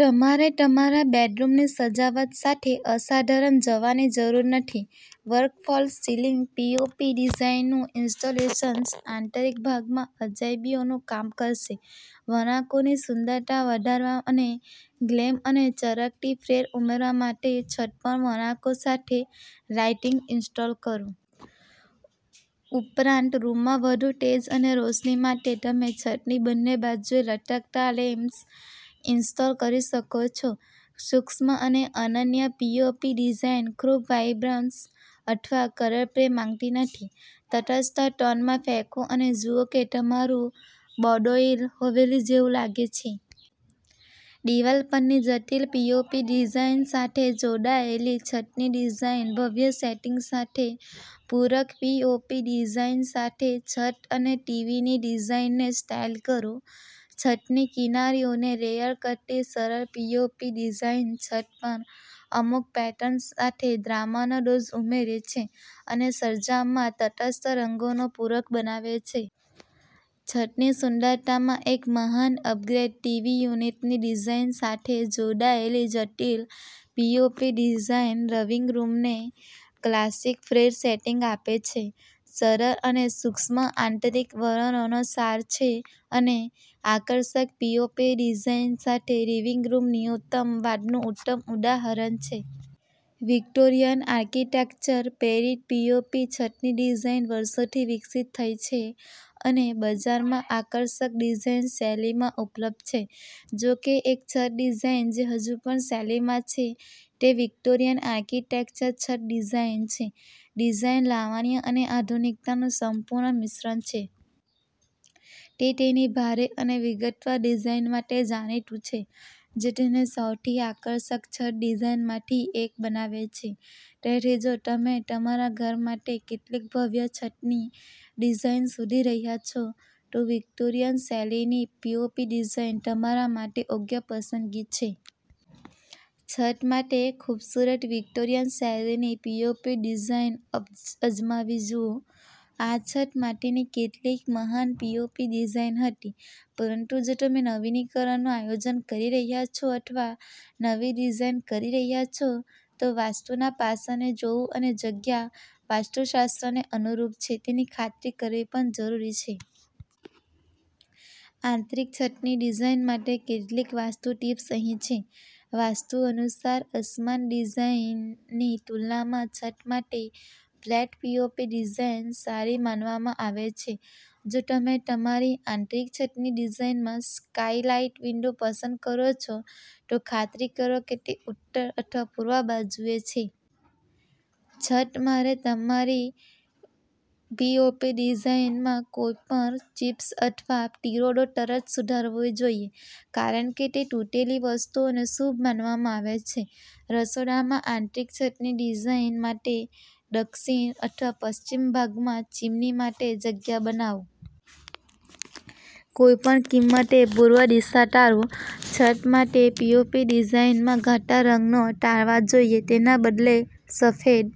તમારે તમારા બેડરૂમની સજાવટ સાથે અસાધારણ જવાની જરૂર નથી. વક્ર ફોલ્સ સિલિંગ પીઓપી ડિઝાઇનનું ઇન્સ્ટોલેશન આંતરિક ભાગમાં અજાયબીઓનું કામ કરશે. વળાંકોની સુંદરતા વધારવા અને ગ્લેમ અને ચળકતી ફ્લેર ઉમેરવા માટે છત પર વળાંકો સાથે લાઇટિંગ ઇન્સ્ટોલ કરો. ઉપરાંત, રૂમમાં વધુ તેજ અને રોશની માટે તમે છતની બંને બાજુએ લટકતા લેમ્પ્સ ઇન્સ્ટોલ કરી શકો છો. સૂક્ષ્મ અને અનન્ય પીઓપી ડિઝાઇન ખૂબ વાઇબ્રન્સ અથવા કલર પ્લે માંગતી નથી. તટસ્થ ટોનમાં ફેંકો અને જુઓ કે તમારું બૌડોઇર હવેલી જેવું લાગે છે. દિવાલ પરની જટિલ પીઓપી ડિઝાઇન સાથે જોડાયેલી છતની ડિઝાઇન ભવ્ય સેટિંગ માટે પૂરક પીઓપી ડિઝાઇન સાથે છત અને ટીવીની દિવાલને સ્ટાઇલ કરો. છતની કિનારીઓને લેયર કરતી સરળ પીઓપી ડિઝાઇન છત પર અમુક પેટર્ન સાથે ડ્રામાનો ડોઝ ઉમેરે છે અને સરંજામમાં તટસ્થ રંગોને પૂરક બનાવે છે. છતની સુંદરતામાં એક મહાન અપગ્રેડ, ટીવી યુનિટની ડિઝાઇન સાથે જોડાયેલી જટિલ પીઓપી ડિઝાઇન લિવિંગ રૂમને ક્લાસિક ફ્લેર સેટિંગ આપે છે. સરળ અને સૂક્ષ્મ આંતરિક વલણોનો સાર છે, અને આકર્ષક પીઓપી ડિઝાઇન્સ સાથેનો લિવિંગ રૂમ ન્યૂનતમવાદનું ઉત્તમ ઉદાહરણ છે. વિક્ટોરિયન આર્કિટેક્ચર-પ્રેરિત પીઓપી છતની ડિઝાઇન વર્ષોથી વિકસિત થઈ છે અને બજારમાં આકર્ષક ડિઝાઇન શૈલીઓ ઉપલબ્ધ છે. જો કે, એક છત ડિઝાઇન જે હજુ પણ શૈલીમાં છે તે વિક્ટોરિયન આર્કિટેક્ચર છત ડિઝાઇન છે. ડિઝાઇન લાવણ્ય અને આધુનિકતાનું સંપૂર્ણ મિશ્રણ છે. તે તેની ભારે અને વિગતવાર ડિઝાઇન માટે જાણીતું છે, જે તેને સૌથી આકર્ષક છત ડિઝાઇનમાંની એક બનાવે છે. તેથી જો તમે તમારા ઘર માટે કેટલીક ભવ્ય છતની ડિઝાઇન શોધી રહ્યા છો, તો વિક્ટોરિયન શૈલીની પીઓપી ડિઝાઇન તમારા માટે યોગ્ય પસંદગી છે. છત માટે ખૂબસૂરત વિક્ટોરિયન શૈલીની પીઓપી ડિઝાઇન અજમાવી જુઓ. આ છત માટેની કેટલીક મહાન પીઓપી ડિઝાઇન હતી. પરંતુ જો તમે નવીનીકરણનું આયોજન કરી રહ્યા છો અથવા નવી જગ્યા ડિઝાઇન કરી રહ્યા છો, તો વાસ્તુના પાસાને જોવું અને જગ્યા વાસ્તુશાસ્ત્રને અનુરૂપ છે તેની ખાતરી કરવી પણ જરૂરી છે. આંતરિક છતની ડિઝાઇન માટે કેટલીક વાસ્તુ ટીપ્સ અહીં છે. વાસ્તુ અનુસાર અસમાન ડિઝાઇનની તુલનામાં છત માટે ફ્લેટ પીઓપી ડિઝાઇન સારી માનવામાં આવે છે. જો તમે તમારી આંતરિક છતની ડિઝાઇનમાં સ્કાઇલાઇટ વિન્ડો પસંદ કરો છો, તો ખાતરી કરો કે તે ઉત્તર અથવા પૂર્વ બાજુએ છે. છત માટે તમારી પીઓપી ડિઝાઇનમાં કોઈપણ ચિપ્સ અથવા તિરાડો તરત સુધારવી જોઈએ, કારણ કે તૂટેલી વસ્તુઓને શુભ માનવામાં આવે છે. રસોડામાં આંતરિક છતની ડિઝાઇન માટે, દક્ષિણ અથવા પશ્ચિમ ભાગમાં ચીમની માટે જગ્યા બનાવો. કોઈપણ કિંમતે પૂર્વ દિશા ટાળો. છત માટે પીઓપી ડિઝાઇનમાં ઘાટા રંગો ટાળવા જોઈએ, તેના બદલે, સફેદ